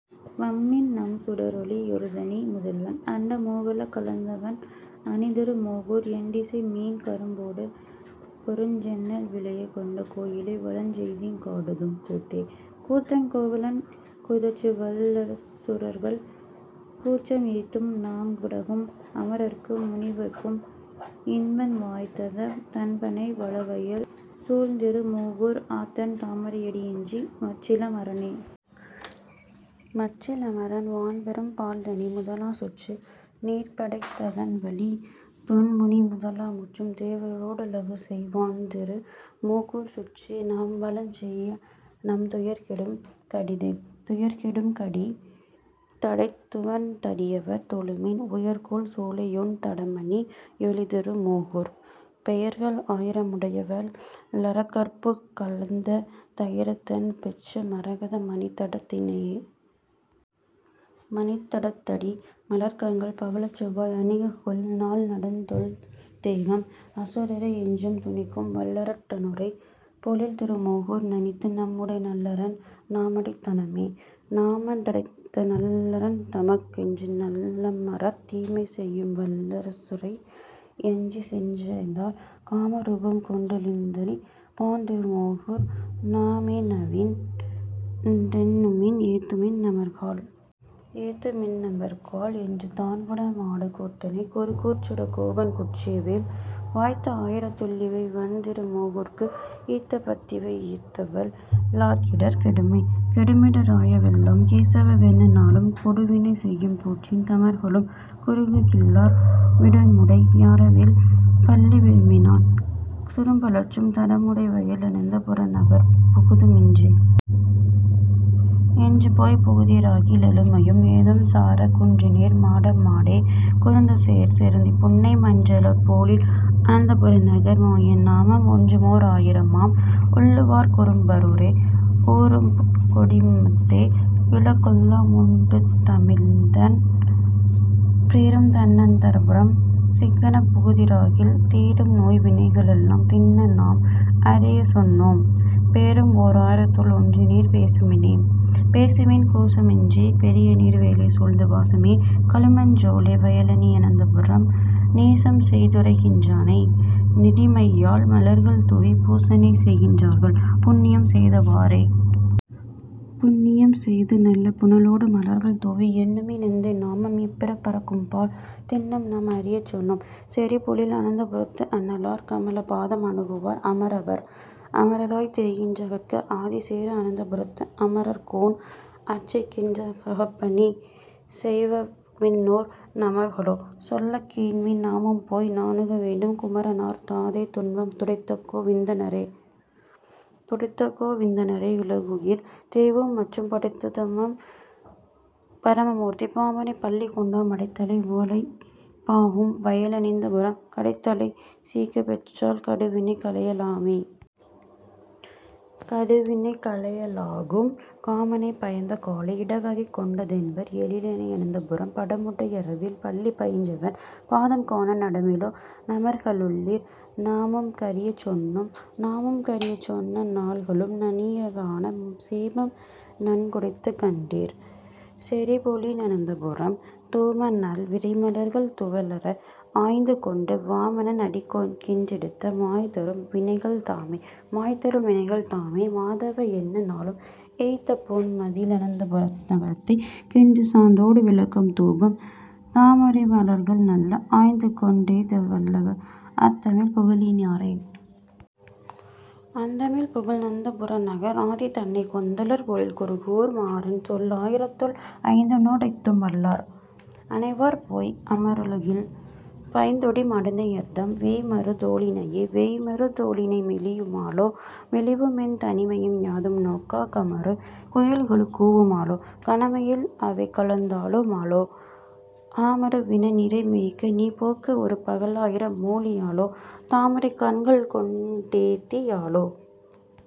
வம்மின்நம் சுடரொளி யொருதனி முதல்வன்। அண்ட மூவுல களந்தவன் அணிதிரு மோகூர் எண்டி சையுமீன் கரும்பொடு பொருஞ்செந்நெல் விளைய கொண்ட கோயிலை வலஞ்செய்திங் காடுதும் கூத்தே.. கூத்தன் கோவலன் குதற்றுவல் லசுரர்கள் கூற்றம் ஏத்தும் நங்கடகும் அமரர்க்கும் முனிவர்க்கும் இன்பன் வாய்த்த தண்பணை வளவயல் சூழ்திரு மோகூர் ஆத்தன் தாமரை யடியன்றி மற்றிலம் அரணே.. மற்றி லமரண் வான்பெரும் பாழ்தனி முதலா சுற்று நீர்படைத் ததன்வழித் தொன்முனி முதலா முற்றும் தேவரோ டுலகுசெய் வான்திரு மோகூர் சுற்றி நாம்வலஞ் செய்யநம் துயர்கெடும் கடிதெ.. துயர்கெ டும்கடி தடைந்துவன் தடியவர் தொழுமின் உயர்கொள் சோலையொண் தடமணி யொளிதிரு மோகூர் பெயர்கள் ஆயிர முடையவல் லரக்கர்புக் கழுந்த தயரதன் பெற்ற மரதக மணித்தடத் தினையே.. மணித்த டத்தடி மலர்க்கண்கள் பவளச் செவ்வாய் அணிககொள் நால்தடந் தோள்தெய்வம் அசுரரை யென்றும் துணிக்கும் வல்லரட் டனுறை பொழில்திரு மோகூர் நணித்து நம்முடை நல்லரண் நாமடைந் தனமே.. நாம டைந்தநல் லரண்தமக் கென்றுநல் லமரர் தீமை செய்யும்வல் லசுரரை யஞ்சிச்சென் றடைந்தால் காம ரூபம்கொண் டெழுந்தளிப் பான்திரு மோகூர் நாம மேநவின் றெண்ணுமின் ஏத்துமின் நமர்காள்.. ஏத்து மின்நமர் காள் என்று தான்குட மாடு கூத்தனை குரு கூர்ச்சட கோபன்குற் றேவல் வாய்த்த ஆயிரத் துள்ளிவை வண்திரு மோகூர்க்கு ஈத்த பத்திவை யேத்தவல் லார்க்கிடர் கெடுமே. கெடுமிட ராயவெல்லாம் கேசவா வென்ன நாளும் கொடுவினை செய்யும்கூற்றின் தமர்களும் குறுககில்லார் விடமுடை யரவில்பள்ளி விரும்பினான் சுரும்பலற்றும் தடமுடை வயல் அனந்தபுரநகர்ப் புகுதுமின்றே.. இன்றுபோய்ப் புகுதிராகி லெழுமையும் ஏதம்சார குன்றுனேர் மாடமாடே குருந்துசேர் செருந்திபுன்னை மன்றலர் போழில் அனன்ந்தபுரநகர் மாயன்நாமம் ஒன்றுமோ ராயிரமாம் உள்ளுவார்க் கும்பரூரே.. ஊரும்புட் கொடியுமஃதே யுலகொல்லாமுண்டுமிழ்ந்தான் சேரும்தண் ணனந்தபுரம் சிக்கெனப் புகுதிராகில் தீரும்நோய்வினைகளெல்லாம் திண்ணநாம் அறியச்சொன்னோம் பேரும் ஓராயிரத்துள் ஒன்றுநீர் பேசுமினே.. பேசுமின் கூசமின்றிப் பெரியநீர் வேலைசூழ்ந்து வாசமே கமழுஞ்சோலை வயலணி யனந்தபுரம் நேசம்செய் துறைகின்றானை நெறிமையால் மலர்கள்தூவி பூசனை செய்கின்றார்கள் புண்ணியம் செய்தவாறே.. புண்ணியம் செய்துநல்ல புனலொடு மலர்கள்தூவி எண்ணுமி னெந்தைநாமம் இப்பிறப் பறுக்குமப்பால் திண்ணம்நாம் அறியச்சொன்னோம் செறிபொழில் அனந்தபுரத்து அண்ணலார் கமலபாதம் அணுகுவார் அமரராவார்.. அமரராய்த் திரிகின்றார்கட்கு ஆதிசேர அனந்தபுரத்து அமரர்கோன் அர்ச்சிக்கின்றங் ககப்பணி செய்வர்விண்ணோர் நமர்களோ. சொல்லக்கேண்மின் நாமும்போய் நணுகவேண்டும் குமரனார் தாதைதுன்பம் துடைத்தகோ விந்தனாரே.. துடைத்தகோ விந்தனாரே யுலகுயிர் தேவும்மற்றும் படைத்தவெம் பரமமூர்த்தி பாம்பணைப் பள்ளிகொண்டான் மடைத்தலை வாளைபாயும் வயலணியனந்தபுரம் கடைத்தலை சீய்க்கப்பெற்றால் கடுவினை களையலாமே.. கடுவினை களையலாகும் காமனைப் பயந்தகாளை இடவகை கொண்டதென்பர் எழிலணியனந்தபுரம் படமுடை யரவில்பள்ளி பயின்றவன் பாதம்காண நடமினோ நமர்களுள்ளீர். நாமுமக் கறியச்சொன்னோம்.. நாமுமக் கறியச்சொன்ன நாள்களும் நணியவான சேமம் நங்குடைத்துக்கண்டீர் செறிபொழிலனந்தபுரம் தூமநல் விரைமலர்கள் துவளற ஆய்ந்துகொண்டு வாமனன் அடிக்கென்றெத்த மாய்ந்தறும் வினைகள்தாமே.. மாய்ந்தறும் வினைகள்தாமே மாதவா என்ன நாளும் ஏய்ந்தபொன் மதிளனந்தபுர நகரெந்தைக்கென்று சாந்தொடு விளக்கம்தூபம் தாமரை மலர்கள்நல்ல ஆய்ந்துகொண் டேத்தவல்லார் அந்தமில் புகழினாரே.. அந்தமில் புகழனந்தபுர நகர் ஆதிதன்னை கொந்தலர் பொழில்குருகூர் மாறன் சொல் லாயிரத்துள் ஐந்தினோ டைந்தும்வல்லார் அணைவர்போய் அமருலகில் பைந்தொடி மடந்தையர்தம் வேய்மரு தோளிணையே. வேய்மரு தோளிணை மெலியு மாலோ. மெலிவுமென் தனிமையும் யாதும் நோக்கா காமரு குயில்களும் கூவு மாலோ. கணமயில் அவைகலந்தாலு மாலோ ஆமரு வினநிரை மேய்க்க நீபோக்கு ஒருபக லாயிர மூழி யாலோ தாமரைக் கண்கள்கொண் டீர்தி யாலோ.